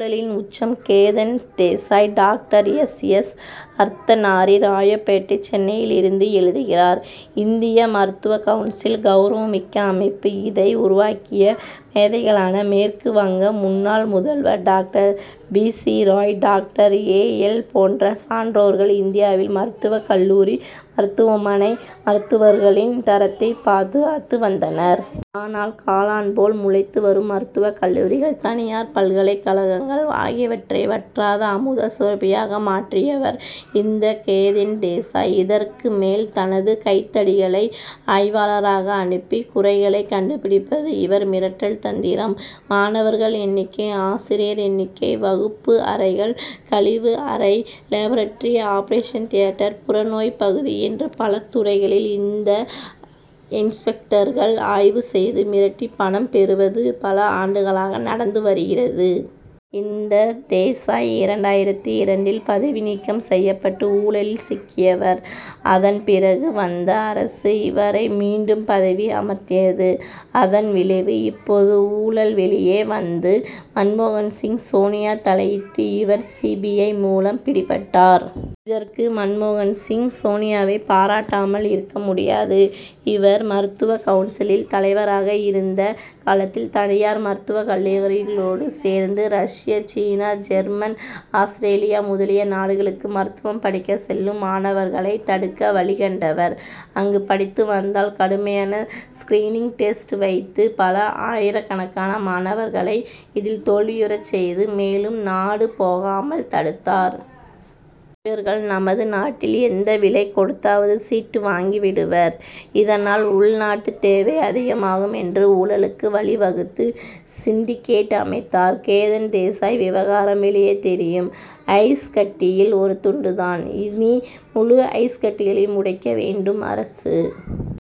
ழலின் உச்சம் Ketan Desai! Doctor S. S. Arthanari Royapettah சென்னையிலிருந்து எழுதுகிறார் இந்திய மருத்துவ கவுன்சில் கவுரவமிக்க அமைப்பு. இதை உருவாக்கிய மேதைகளான மேற்கு வங்க முன்னாள் முதல்வர் doctor B. C. Roy doctor A. L. போன்ற சான்றோர்கள் இந்தியாவில் மருத்துவக் கல்லூரி மருத்துவமனை மருத்துவர்களின் தரத்தைப் பாதுகாத்து வந்தனர். ஆனால் காளான் போல் முளைத்து வரும் மருத்துவக் கல்லூரிகள் தனியார் பல்கலைக்கழகங்கள் ஆகியவற்றை வற்றாத அமுத சுரபியாக மாற்றியவர் இந்த கேதன் தேசாய். இதற்கு மேல் தனது கைத்தடிகளை ஆய்வாளராக அனுப்பி குறைகளை கண்டுபிடிப்பது இவர் மிரட்டல் தந்திரம். மாணவர்கள் எண்ணிக்கை ஆசிரியர் எண்ணிக்கை வகுப்பு அறைகள் கழிவு அறை லேபரட்டரி ஆபரேஷன் தியேட்டர் புறநோய்ப்பகுதி என்று பல துறைகளில் இந்த இன்ஸ்பெக்டர்கள் ஆய்வு செய்து மிரட்டி பணம் பெறுவது பல ஆண்டுகளாக நடந்து வருகிறது. இந்த தேசாய் இரண்டாயிரத்து இரண்டில் பதவி நீக்கம் செய்யப்பட்டு ஊழலில் சிக்கியவர். அதன் பிறகு வந்த அரசு இவரை மீண்டும் பதவி அமர்த்தியது. அதன் விளைவு இப்போது ஊழல் வெளியே வந்து மன்மோகன் சிங் சோனியா தலையிட்டு இவர் சி. பி. ஐ. மூலம் பிடிபட்டார். இதற்கு மன்மோகன் சிங் சோனியாவைப் பாராட்டாமல் இருக்க முடியாது. இவர் மருத்துவ கவுன்சிலில் தலைவராக இருந்த காலத்தில் தனியார் மருத்துவக் கல்லூரிகளோடு சேர்ந்து ரஷ்யா சீனா ஜெர்மன் ஆஸ்திரேலியா முதலிய நாடுகளுக்கு மருத்துவம் படிக்க செல்லும் மாணவர்களை தடுக்க வழிகண்டவர். அங்கு படித்து வந்தால் கடுமையான ஸ்கிரீனிங் டெஸ்ட் வைத்து பல ஆயிரக்கணக்கான மாணவர்களை இதில் தோல்வியுறச் செய்து மேலும் நாடு போகாமல் தடுத்தார். இவர்கள் நமது நாட்டில் எந்த விலை கொடுத்தாவது சீட் வாங்கிடுவர். இதனால் உள்நாட்டு தேவை அதிகமாகும் என்று ஊழலுக்கு வழிவகுத்து சிண்டிகேட் அமைத்தார். கேதன் தேசாய் விவகாரம் வெளியே தெரியும் ஐஸ் கட்டியில் ஒரு துண்டு தான். இனி முழு ஐஸ்கட்டியையும் உடைக்க வேண்டும் அரசு.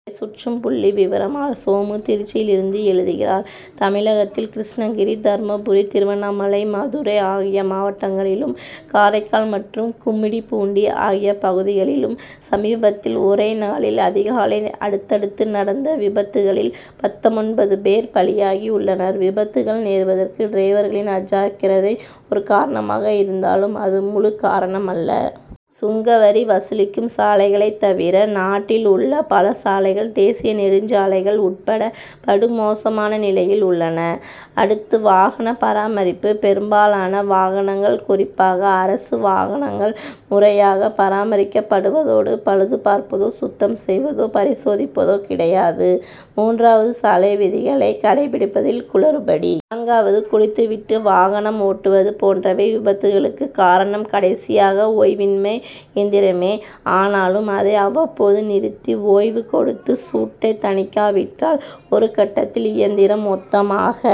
தலைசுற்றும் புள்ளிவிவரம்! ஆர். சோமு திருச்சியிலிருந்து எழுதுகிறார் தமிழகத்தில் கிருஷ்ணகிரி தர்மபுரி திருவண்ணாமலை மதுரை ஆகிய மாவட்டங்களிலும் காரைக்கால் மற்றும் கும்மிடிபூண்டி ஆகிய பகுதிகளிலும் சமீபத்தில் ஒரே நாளில் அதிகாலை அடுத்தடுத்து நடந்த விபத்துகளில் பத்தொன்பது பேர் பலியாகி உள்ளனர். விபத்துகள் நேர்வதற்கு டிரைவர்களின் அஜாக்கிரதை ஒரு காரணமாக இருந்தாலும் அது முழு காரணமல்ல. சுங்கவரி வசூலிக்கும் சாலைகளைத் தவிர நாட்டில் உள்ள பல சாலைகள் தேசிய நெடுஞ்சாலைகள் உட்பட படு மோசமான நிலையில் உள்ளன. அடுத்து வாகன பராமரிப்பு பெரும்பாலான வாகனங்கள் குறிப்பாக அரசு வாகனங்கள் முறையாக பராமரிக்கப்படுவதோ பழுதுபார்ப்பதோ சுத்தம் செய்வதோ பரிசோதிப்பதோ கிடையாது. மூன்றாவது சாலை விதிகளை கடைப்பிடிப்பதில் குளறுபடி. நான்காவது குடித்து விட்டு வாகனம் ஓட்டுவது போன்றவை விபத்துகளுக்கு காரணம். கடைசியாக ஓய்வின்மை இயந்திரமே ஆனாலும் அதை அவ்வப்போது நிறுத்தி ஓய்வு கொடுத்து சூட்டைத் தணிக்காவிட்டால் ஒரு கட்டத்தில் இயந்திரம் மொத்தமாக